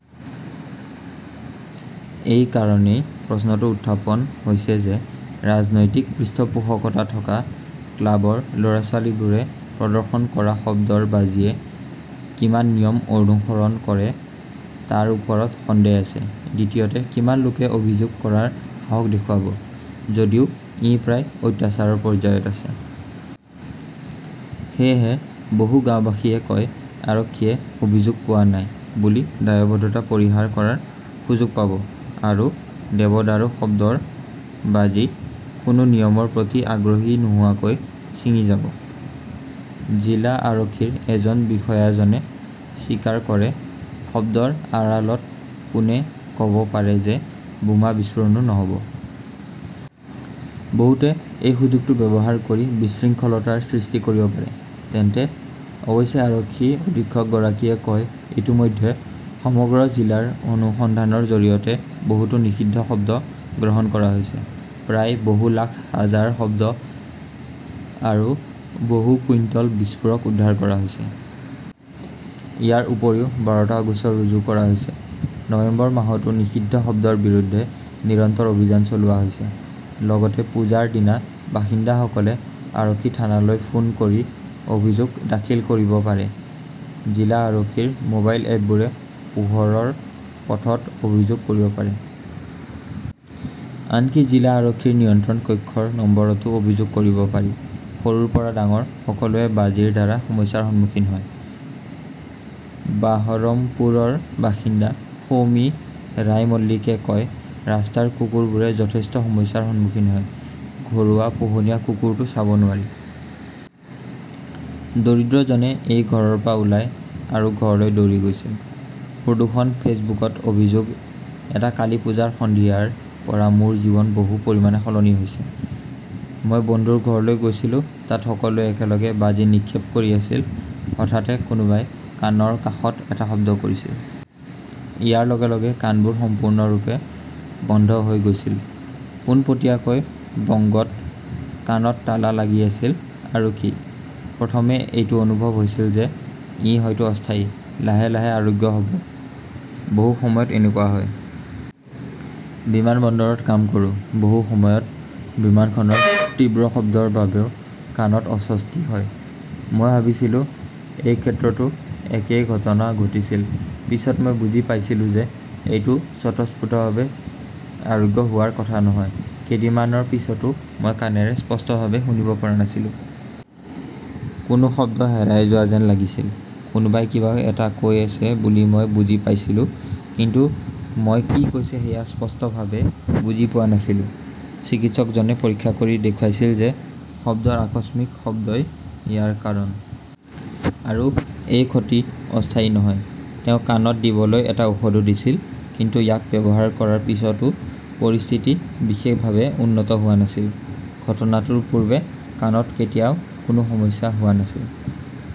এই কাৰণেই প্ৰশ্নটো উত্থাপন হৈছে যে, ৰাজনৈতিক পৃষ্ঠপোষকতা থকা ক্লাবৰ ল'ৰা-ছোৱালীবোৰে প্ৰদৰ্শন কৰা শব্দৰ বাজিয়ে কিমান নিয়ম অনুসৰণ কৰে তাৰ ওপৰত সন্দেহ আছে। দ্বিতীয়তে, কিমান লোকে অভিযোগ কৰাৰ সাহস দেখুৱাব, যদিও ই প্ৰায় "অত্যাচাৰৰ" পৰ্যায়ত আছে? সেয়েহে বহু গাওঁবাসীয়ে কয়, "আৰক্ষীয়ে 'অভিযোগ পোৱা নাই" বুলি দায়বদ্ধতা পৰিহাৰ কৰাৰ সুযোগ পাব আৰু দেৱদাৰুৰ শব্দৰ বাজি কোনো নিয়মৰ প্ৰতি আগ্ৰহী নোহোৱাকৈ ছিঙি যাব। জিলা আৰক্ষীৰ এজন বিষয়াজনে স্বীকাৰ কৰে, "শব্দৰ আড়ালত কোনে ক "ব পাৰে যে বোমা বিস্ফোৰণো নহ'ব? বহুতে এই সুযোগটো ব্যৱহাৰ কৰি বিশৃংখলতাৰ সৃষ্টি কৰিব পাৰে। তেন্তে ?" অৱশ্যে আৰক্ষী অধীক্ষকগৰাকীয়ে কয়, "ইতিমধ্যে সমগ্ৰ জিলাৰ অনুসন্ধানৰ জৰিয়তে বহুতো নিষিদ্ধ শব্দ গ্ৰহণ কৰা হৈছে। প্ৰায় বহু লাখ, হাজাৰ শব্দ আৰু বহু কুইণ্টল বিস্ফোৰক উদ্ধাৰ কৰা হৈছে। ইয়াৰ উপৰিও বাৰটা গোচৰ ৰুজু কৰা হৈছে। নৱেম্বৰ মাহতো নিষিদ্ধ শব্দৰ বিৰুদ্ধে নিৰন্তৰ অভিযান চলোৱা হৈছে। লগতে পূজাৰ দিনা বাসিন্দাসকলে আৰক্ষী থানালৈ ফোন কৰি অভিযোগ দাখিল কৰিব পাৰে। জিলা আৰক্ষীৰ মোবাইল এপবোৰে "পোহৰৰ পথত" অভিযোগ কৰিব পাৰে। আনকি জিলা আৰক্ষীৰ নিয়ন্ত্ৰণ কক্ষৰ নম্বৰতো অভিযোগ কৰিব পাৰি। "সৰুৰ পৰা ডাঙৰ সকলোৱে বাজিৰ দ্বাৰা সমস্যাৰ সন্মুখীন হয়", বাহৰমপুৰৰ বাসিন্দা সৌমী ৰায়মল্লীকে কয়। ৰাস্তাৰ কুকুৰবোৰে যথেষ্ট সমস্যাৰ সন্মুখীন হয়। ঘৰুৱা পোহনীয়া কুকুৰটো চাব নোৱাৰি। দৰিদ্ৰজনে এই ঘৰৰ পৰা ওলাই আৰু ঘৰলৈ দৌৰি গৈছিল"। প্ৰদূষণ-ফেচবুকত অভিযোগ এটা কালীপুজাৰ সন্ধিয়াৰ পৰা মোৰ জীৱন বহু পৰিমাণে সলনি হৈছে। মই বন্ধুৰ ঘৰলৈ গৈছিলোঁ। তাত সকলোৱে একেলগে বাজি নিক্ষেপ কৰি আছিল। হঠাতে কোনোবাই কাণৰ কাষত এটা শব্দ কৰিছিল। ইয়াৰ লগে লগে কাণবোৰ সম্পূৰ্ণৰূপে বন্ধ হৈ গৈছিল। পোনপটীয়াকৈ বংগত কাণত তালা লাগি আছিল, আৰু কি। প্ৰথমে এইটো অনুভৱ হৈছিল যে, ই হয়তো অস্থায়ী, লাহে লাহে আৰোগ্য হ 'ব। বহু সময়ত এনেকুৱা হয়। বিমানবন্দৰত কাম কৰোঁ। বহু সময়ত বিমানখনৰ তীব্ৰ শব্দৰ বাবেও কাণত অস্বস্তি হয়। মই ভাবিছিলোঁ এই ক্ষেত্ৰতো একেই ঘটনা ঘটিছিল। পিছত মই বুজি পাইছিলোঁ যে, এইটো স্বতঃস্ফুৰ্তভাৱে আৰোগ্য হোৱাৰ কথা নহয়। কেইদিনমানৰ পিছতো মই কাণেৰে স্পষ্টভাৱে শুনিব পৰা নাছিলোঁ। কোনো শব্দ হেৰাই যোৱা যেন লাগিছিল। কোনোবাই কিবা এটা কৈ আছে বুলি মই বুজি পাইছিলোঁ। কিন্তু মই কি কৈছে সেয়া স্পষ্টভাৱে বুজি পোৱা নাছিলোঁ। চিকিৎসকজনে পৰীক্ষা কৰি দেখুৱাইছিল যে, শব্দৰ আকস্মিক শব্দই ইয়াৰ কাৰণ। আৰু এই ক্ষতি অস্থায়ী নহয়। তেওঁ কাণত দিবলৈ এটা ঔষধো দিছিল। কিন্তু ইয়াক ব্যৱহাৰ কৰাৰ পিছতো পৰিস্থিতি বিশেষভাৱে উন্নত হোৱা নাছিল। ঘটনাটোৰ পূৰ্বে কাণত কেতিয়াও কোনো সমস্যা হোৱা নাছিল ।